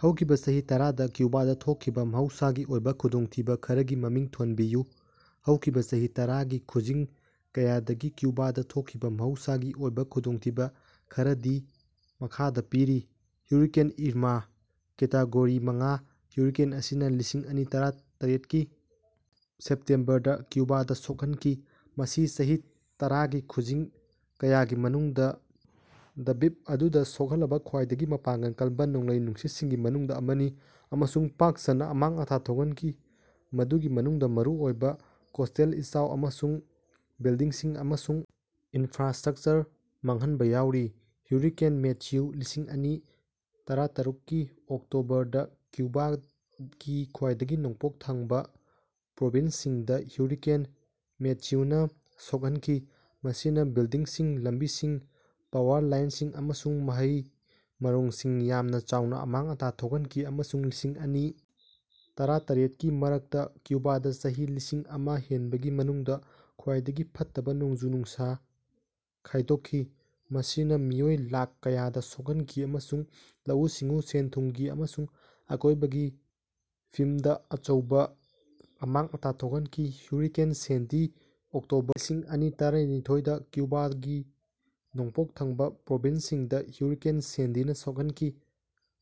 ꯍꯧꯈꯤꯕꯥ ꯆꯍꯤ ꯇꯔꯥꯗꯥ ꯀ꯭ꯌꯨꯕꯥꯗꯥ ꯊꯣꯛꯈꯤꯕꯥ ꯃꯍꯧꯁꯥꯒꯤ ꯑꯣꯏꯕ ꯈꯨꯗꯣꯡꯊꯤꯕꯥ ꯈꯔꯒꯤ ꯃꯃꯤꯡ ꯊꯣꯟꯕꯤꯌꯨ꯫ ꯍꯧꯈꯤꯕꯥ ꯆꯍꯤ ꯇꯔꯥꯒꯤ ꯈꯨꯖꯤꯡ ꯀꯌꯥꯗꯒꯤ ꯀ꯭ꯌꯨꯕꯥꯗꯥ ꯊꯣꯛꯈꯤꯕꯥ ꯃꯍꯧꯁꯥꯒꯤ ꯑꯣꯏꯕ ꯈꯨꯗꯣꯡꯊꯤꯕꯥ ꯈꯔꯗꯤ ꯃꯈꯥꯗꯥ ꯄꯤꯔꯤ꯫ ꯍꯨꯔꯤꯀꯦꯟ ꯏꯔꯃꯥ ꯀꯦꯇꯦꯒꯣꯔꯤ ꯃꯉꯥꯒꯤ ꯍꯨꯔꯤꯀꯦꯟ ꯑꯁꯤꯅꯥ ꯂꯤꯁꯤꯡ ꯑꯅꯤ ꯇꯔꯥꯇꯔꯦꯠꯒꯤ ꯁꯦꯞꯇꯦꯝꯕꯔꯗꯥ ꯀ꯭ꯌꯨꯕꯥꯗꯥ ꯁꯣꯛꯍꯟꯈꯤ, ꯃꯁꯤ ꯆꯍꯤ ꯇꯔꯥꯒꯤ ꯈꯨꯖꯤꯡ ꯀꯌꯥꯒꯤ ꯃꯅꯨꯡꯗꯥ ꯗ꯭ꯕꯤꯞ ꯑꯗꯨꯗꯥ ꯁꯣꯛꯍꯜꯂꯕꯥ ꯈ꯭ꯋꯥꯏꯗꯒꯤ ꯃꯄꯥꯡꯒꯜ ꯀꯟꯕꯥ ꯅꯣꯡꯂꯩ ꯅꯨꯡꯁꯤꯠꯁꯤꯡꯒꯤ ꯃꯅꯨꯡꯗꯥ ꯑꯃꯅꯤ꯫ ꯑꯃꯁꯨꯡ ꯄꯥꯛ ꯁꯟꯅꯥ ꯑꯃꯥꯡ ꯑꯇꯥ ꯊꯣꯛꯍꯟꯈꯤ, ꯃꯗꯨꯒꯤ ꯃꯅꯨꯡꯗꯥ ꯃꯔꯨꯑꯣꯏꯕ ꯀꯣꯁ꯭ꯇꯦꯜ ꯏꯆꯥꯎ ꯑꯃꯁꯨꯡ ꯕꯤꯜꯗꯤꯡꯁꯤꯡ ꯑꯃꯁꯨꯡ ꯏꯅꯐ꯭ꯔꯥꯁ꯭ꯠꯔꯀꯆꯔ ꯃꯥꯡꯍꯟꯕꯥ ꯌꯥꯎꯔꯤ꯫ ꯍꯔꯤꯀꯦꯟ ꯃꯦꯊ꯭ꯌꯨ ꯂꯤꯁꯤꯡ ꯑꯅꯤ ꯇꯔꯥꯇꯔꯨꯛꯒꯤ ꯑꯣꯛꯇꯣꯕꯔꯗꯥ ꯀ꯭ꯌꯨꯕꯥꯒꯤ ꯈ꯭ꯋꯥꯏꯗꯒꯤ ꯅꯣꯡꯄꯣꯛ ꯊꯪꯕꯥ ꯄ꯭ꯔꯣꯕꯤꯟꯁꯁꯤꯡꯗꯥ ꯍꯨꯔꯤꯀꯦꯟ ꯃꯦꯊ꯭ꯌꯨꯅꯥ ꯁꯣꯛꯍꯟꯈꯤ, ꯃꯁꯤꯅꯥ ꯕꯤꯜꯗꯤꯡꯁꯤꯡ, ꯂꯝꯕꯤꯁꯤꯡ, ꯄꯥꯋꯔ ꯂꯥꯏꯅꯁꯤꯡ ꯑꯃꯁꯨꯡ ꯃꯍꯩ ꯃꯔꯣꯡꯁꯤꯡꯗꯥ ꯌꯥꯝꯅ ꯆꯥꯎꯅꯥ ꯑꯃꯥꯡ ꯑꯇꯥ ꯊꯣꯛꯍꯟꯈꯤ ꯑꯃꯁꯨꯡ ꯂꯤꯁꯤꯡ ꯑꯅꯤ ꯇꯔꯥꯇꯔꯦꯠꯀꯤ ꯃꯔꯛꯇꯥ ꯀ꯭ꯌꯨꯕꯥꯗꯥ ꯆꯍꯤ ꯂꯤꯁꯤꯡ ꯑꯃꯥ ꯍꯦꯟꯕꯒꯤ ꯃꯅꯨꯡꯗꯥ ꯈ꯭ꯋꯥꯏꯗꯒꯤ ꯐꯠꯇꯕꯥ ꯅꯣꯡꯖꯨ ꯅꯨꯡꯁꯥ ꯈꯥꯏꯗꯣꯛꯈꯤ꯫ ꯃꯁꯤꯅꯥ ꯃꯤꯑꯣꯏ ꯂꯥꯈ ꯀꯌꯥꯗꯥ ꯁꯣꯛꯍꯟꯈꯤ ꯑꯃꯁꯨꯡ ꯂꯧꯎ ꯁꯤꯡꯎ, ꯁꯦꯟ ꯊꯨꯝꯒꯤ ꯑꯃꯁꯨꯡ ꯑꯀꯣꯏꯕꯒꯤ ꯐꯤꯝꯗꯥ ꯑꯆꯧꯕꯥ ꯑꯃꯥꯡ ꯑꯇꯥ ꯊꯣꯛꯍꯟꯈꯤ꯫ ꯍꯨꯔꯤꯀꯦꯟ ꯁꯦꯟꯗꯤ ꯑꯣꯛꯇꯣꯕꯔ ꯂꯤꯁꯤꯡ ꯑꯅꯤ ꯇꯔꯥꯅꯤꯊꯣꯏ ꯗꯥ ꯀ꯭ꯌꯨꯕꯥꯒꯤ ꯅꯣꯡꯄꯣꯛ ꯊꯪꯕꯥ ꯄ꯭ꯔꯣꯚꯤꯟꯁꯁꯤꯡꯗꯥ ꯍꯨꯔꯤꯀꯦꯟ ꯁꯦꯟꯗꯤꯅꯥ ꯁꯣꯛꯍꯟꯈꯤ,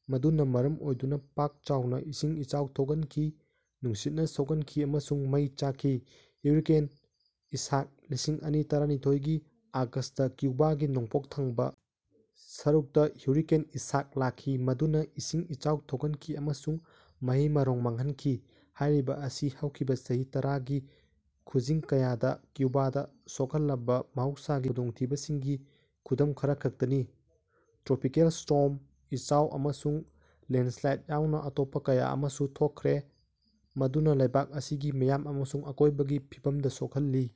ꯃꯗꯨꯅꯥ ꯃꯔꯝ ꯑꯣꯏꯗꯨꯅꯥ ꯄꯥꯛ ꯆꯥꯎꯅꯥ ꯏꯁꯤꯡ ꯏꯆꯥꯎ ꯊꯣꯛꯍꯟꯈꯤ, ꯅꯨꯡꯁꯤꯠꯅꯥ ꯁꯣꯛꯍꯟꯈꯤ ꯑꯃꯁꯨꯡ ꯃꯩ ꯆꯥꯛꯈꯤ꯫ ꯍꯨꯔꯤꯀꯦꯟ ꯏꯁꯥꯛ ꯂꯤꯁꯤꯡ ꯑꯅꯤ ꯇꯔꯥꯅꯤꯊꯣꯏꯒꯤ ꯑꯣꯒꯁ꯭ꯇꯇꯥ ꯀ꯭ꯌꯨꯕꯥꯒꯤ ꯅꯣꯡꯄꯣꯛ ꯊꯪꯕꯥ ꯁꯔꯨꯛꯇꯥ ꯍꯨꯔꯤꯀꯦꯟ ꯏꯁꯥꯛ ꯂꯥꯛꯈꯤ ꯃꯗꯨꯅꯥ ꯏꯁꯤꯡ ꯏꯆꯥꯎ ꯊꯣꯛꯍꯟꯈꯤ ꯑꯃꯁꯨꯡ ꯃꯍꯩ-ꯃꯔꯣꯡ ꯃꯥꯡꯍꯟꯈꯤ꯫ ꯍꯥꯏꯔꯤꯕꯥ ꯑꯁꯤ ꯍꯧꯈꯤꯕꯥ ꯆꯍꯤ ꯇꯔꯥꯒꯤ ꯈꯨꯖꯤꯡ ꯀꯌꯥꯗꯥ ꯀ꯭ꯌꯨꯕꯥꯗꯥ ꯁꯣꯛꯍꯜꯂꯕꯥ ꯃꯍꯧꯁꯥꯒꯤ ꯈꯨꯗꯣꯡꯊꯤꯕꯁꯤꯡꯒꯤ ꯈꯨꯗꯝ ꯈꯔꯈꯛꯇꯅꯤ꯫ ꯇ꯭ꯔꯣꯄꯤꯀꯦꯜ ꯁ꯭ꯇꯣꯔꯝ, ꯏꯆꯥꯎ, ꯑꯃꯁꯨꯡ ꯂꯦꯟꯗꯁ꯭ꯂꯥꯏꯗ ꯌꯥꯎꯅꯥ ꯑꯇꯣꯞꯄꯥ ꯀꯌꯥ ꯑꯃꯁꯨ ꯊꯣꯛꯈ꯭ꯔꯦ, ꯃꯗꯨꯅꯥ ꯂꯩꯕꯥꯛ ꯑꯁꯤꯒꯤ ꯃꯤꯌꯥꯝ ꯑꯃꯁꯨꯡ ꯑꯀꯣꯏꯕꯒꯤ ꯐꯤꯕꯝꯗꯥ ꯁꯣꯛꯍꯜꯂꯦ꯫